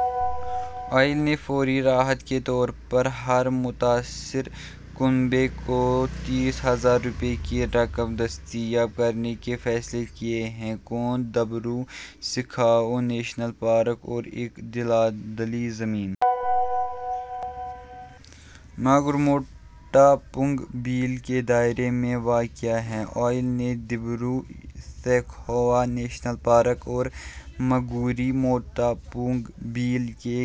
O I L نے فوری راحت کے طور پر ہر متاثرہ کنبے کو تیس ہزار روپے کی رقم دستیاب کرانے کا فیصلہ کیا ہے کنواں ڈبرو سیکھووا نیشنل پارک اور ایک دلدلی زمین ماگوری موٹاپنگ بیل کے دائرے میں واقع ہے او آئی ایل نے ڈبرو سیکھووا نیشنل پارک اور ماگوری موٹاپنگ بیل کے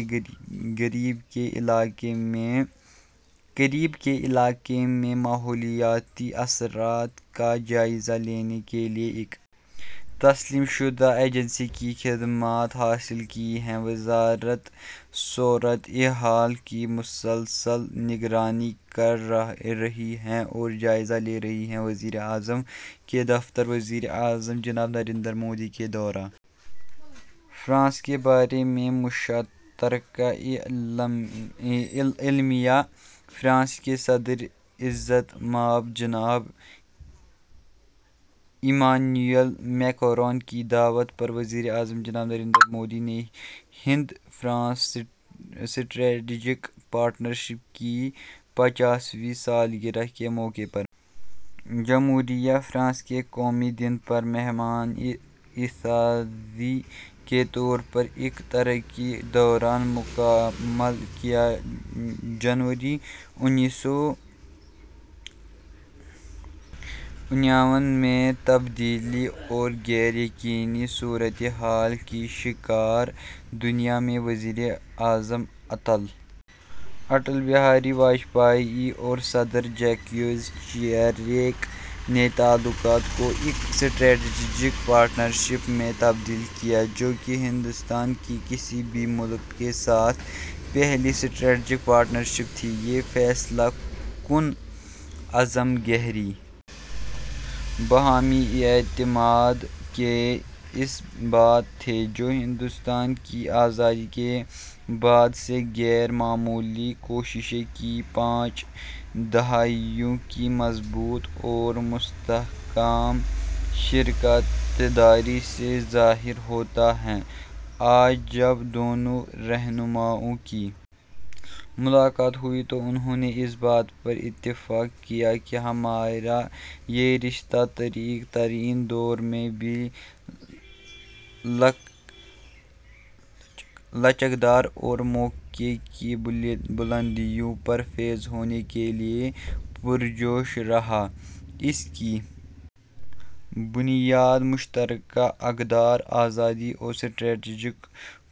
قریب کے علاقے میں ماحولیاتی اثرات کا جائزہ لینے کے لیے ایک تسلیم شدہ ایجنسی کی خدمات حاصل کی ہیں وزارت صورت حال کی مسلسل نگرانی کر رہی ہے اور جائزہ لے رہی ہے وزیر اعظم کا دفتر وزیر اعظم جناب نریندر مودی کے دورہ فرانس کے بارے میں مشترکہ اعلامیہ فرانس کے صدر عزت مآب جناب ایمانوئل میکروں کی دعوت پر وزیر اعظم جناب نریندر مودی نے ہند فرانس اسٹریٹجک پارٹنرشپ کی پچیسویں سالگرہ کے موقع پر جمہوریہ فرانس کے قومی دن پر مہمان اعزازی کے طور پر ایک تاریخی دورہ مکمل کیا جنوری انیس سو اٹھانوے میں تبدیلی اور غیر یقینی صورتحال کی شکار دنیا میں وزیر اعظم اٹل بہاری واجپئی اور صدر جیک شیراک نے تعلقات کو ایک اسٹریٹجک پارٹنرشپ میں تبدیل کیا جو کہ ہندوستان کی کسی بھی ملک کے ساتھ پہلی اسٹریٹجک پارٹنرشپ تھی یہ فیصلہ کن عزم گہرے باہمی اعتماد کا اثبات تھا جو ہندوستان کی آزادی کے بعد سے غیر معمولی کوششوں کی پانچ دہائیوں کی مضبوط اور مستحکم شراکت داری سے ظاہر ہوتا ہے آج جب دونوں رہنماؤں کی ملاقات ہوئی تو انہوں نے اس بات پر اتفاق کیا کہ ہمارا یہ رشتہ تاریک ترین دور میں بھی لچکدار اور مواقع کی بلندیوں پر فائز ہونے کے لیے پرجوش رہا اس کی بنیاد مشترکہ اقدار آزادی اور اسٹریٹجک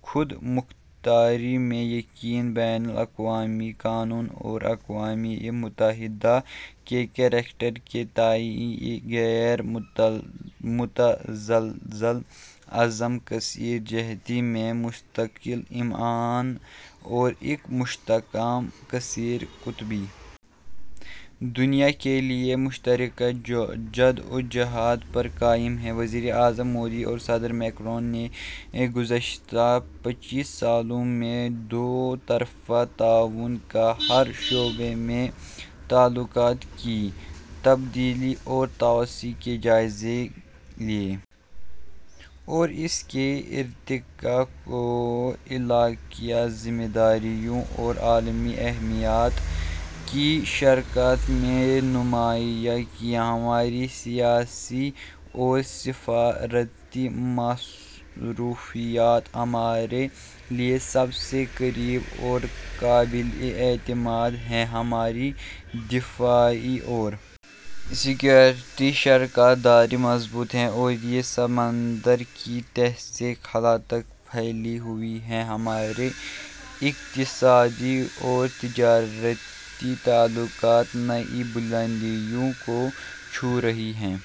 خودمختاری میں یقین بین الاقوامی قانون اور اقوام متحدہ کے چارٹر کے تئیں ایک غیر متزلزل عزم کثیر جہتیت میں مستقل ایمان اور ایک مستحکم کثیر قطبی دنیا کے لیے مشترکہ جدوجہد پر قائم ہے وزیر اعظم مودی اور صدر میکروں نے گزشتہ پچیس سالوں میں دوطرفہ تعاون کے ہر شعبے میں تعلقات کی تبدیلی اور توسیع کا جائزہ لیا اور اس کے ارتقا کو علاقائی ذمہ داریوں اور عالمی اہمیت کی شراکت میں نمایاں کیا ہماری سیاسی اور سفارتی مصروفیات ہمارے لیے سب سے قریب اور قابل اعتماد ہیں ہماری دفاعی اور سیکورٹی شراکت داری مضبوط ہے اور یہ سمندر کی تہہ سے خلا تک پھیلی ہوئی ہے ہمارے اقتصادی اور تجارتی تعلقات نئی بلندیوں کو چھو رہے ہیں